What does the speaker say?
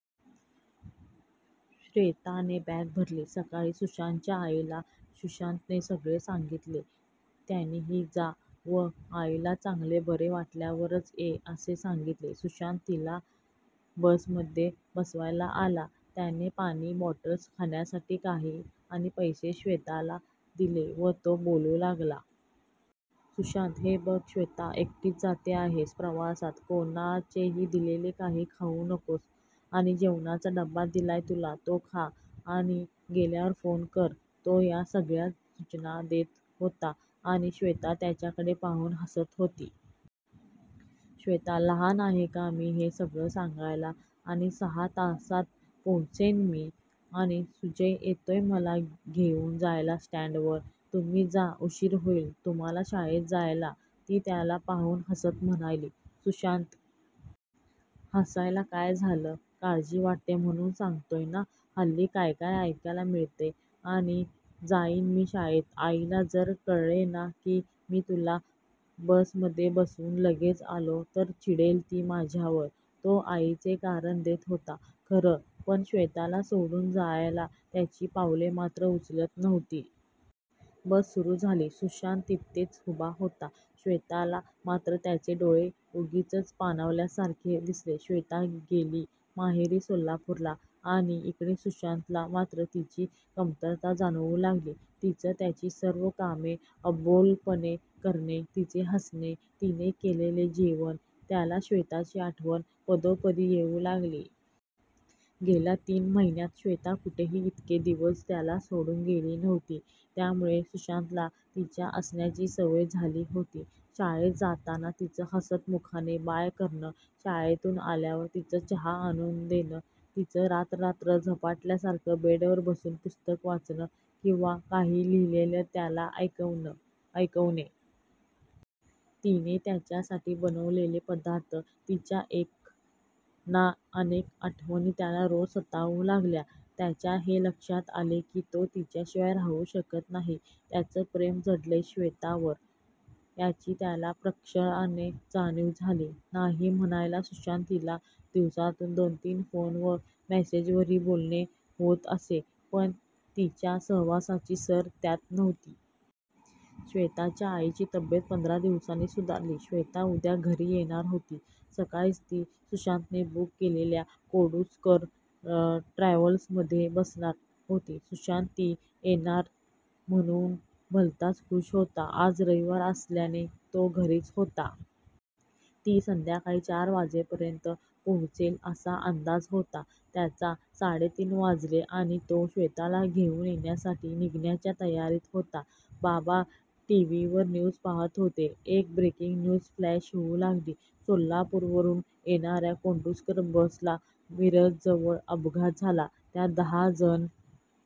श्वेताने bag भरली. सकाळी सुशांतच्या आईला सुशांतने सगळे सांगितले. त्यांनीही जा व आईला चांगले बरे वाटल्यावरच ये असे सांगितले. सुशांत तिला बसमध्ये बसवायला आला, त्याने पाणी बॉटल्स, खाण्यासाठी काही आणि पैसे श्वेताला दिले व तो बोलू लागला. सुशांत, हे बघ श्वेता, एकटीच जाते आहेस प्रवासात, कोणाचेही दिलेले काही खाऊ नकोस आणि जेवणाचा डबा दिलाय तुला तो खा आणि गेल्यावर फोन कर, तो या सगळ्या सूचना देत होता आणि श्वेता त्याच्याकडे पाहून हसत होती. श्वेता, लहान आहे का मी हे सगळं सांगायला, आणि सहा तासांत पोहोचेन मी आणि सुजय येतोय मला घेऊन जायला स्टँडवर, तुम्ही जा, उशीर होईल तुम्हाला शाळेत जायला. ती त्याला पाहून हसत म्हणाली. सुशांत, हसायला काय झालं, काळजी वाटते म्हणून सांगतोय ना, हल्ली काय काय ऐकायला मिळतेय, आणि जाईन मी शाळेत, आईला जर कळले ना की मी तुला बसमध्ये बसवून लगेच आलो तर चिडेल ती माझ्यावर, तो आईचे कारण देत होता खरं, पण श्वेताला सोडून जायला त्याची पावले मात्र उचलत नव्हती. बस सुरू झाली. सुशांत तिथेच उभा होता. श्वेताला मात्र त्याचे डोळे उगीचच पाणावल्यासारखे दिसले. श्वेता गेली माहेरी सोलापूरला आणि इकडे सुशांतला मात्र तिची कमतरता जाणवू लागली. तिचं त्याची सर्व कामे अबोलपणे करणे, तिचे हसणे, तिने केलेले जेवण त्याला श्वेताची आठवण पदोपदी येऊ लागली. गेल्या तीन महिन्यांत श्वेता कुठेही इतके दिवस त्याला सोडून गेली नव्हती. त्यामुळे सुशांतला तिच्या असण्याची सवय झाली होती. शाळेत जाताना तिचं हसतमुखाने बाय करणं. शाळेतून आल्यावर तिचं चहा आणून देणं. तिचं रात्र रात्र झपाटल्यासारखं बेडवर बसून पुस्तक वाचन किंवा काही लिहिलेलं त्याला ऐकवणे. तिने त्याच्यासाठी बनवलेले पदार्थ, तिच्या एक ना अनेक आठवणी त्याला रोज सतावू लागल्या. त्याच्या हे लक्षात आले की तो तिच्याशिवाय राहू शकत नाही. त्याचं प्रेम जडलंय श्वेतावर याची त्याला प्रकर्षाने जाणीव झाली. नाही म्हणायला सुशांत तिला दिवसातून दोन-तीन फोन व मेसेजवरही बोलणे होत असे पण तिच्या सहवासाची सर त्यात नव्हती. श्वेताच्या आईची तब्येत पंधरा दिवसांनी सुधारली. श्वेता उद्या घरी येणार होती. सकाळीच ती सुशांतने बुक केलेल्या कोंडूस्कर ट्रॅव्हल्समध्ये बसणार होती. सुशांत ती येणार म्हणून भलताच खूष होता. आज रविवार असल्याने तो घरीच होता. ती संध्याकाळी चार वाजेपर्यंत पोहोचेल असा अंदाज होता त्याचा; साडेतीन वाजले आणि तो श्वेताला घेऊन येण्यासाठी निघण्याच्या तयारीत होता. बाबा टीव्हीवर न्यूज पाहत होते. एक ब्रेकिंग न्यूज फ्लॅश होऊ लागली. सोलापूरवरून येणाऱ्या कोंडूस्कर बसला मिरजजवळ अपघात झाला. त्यात दहा जण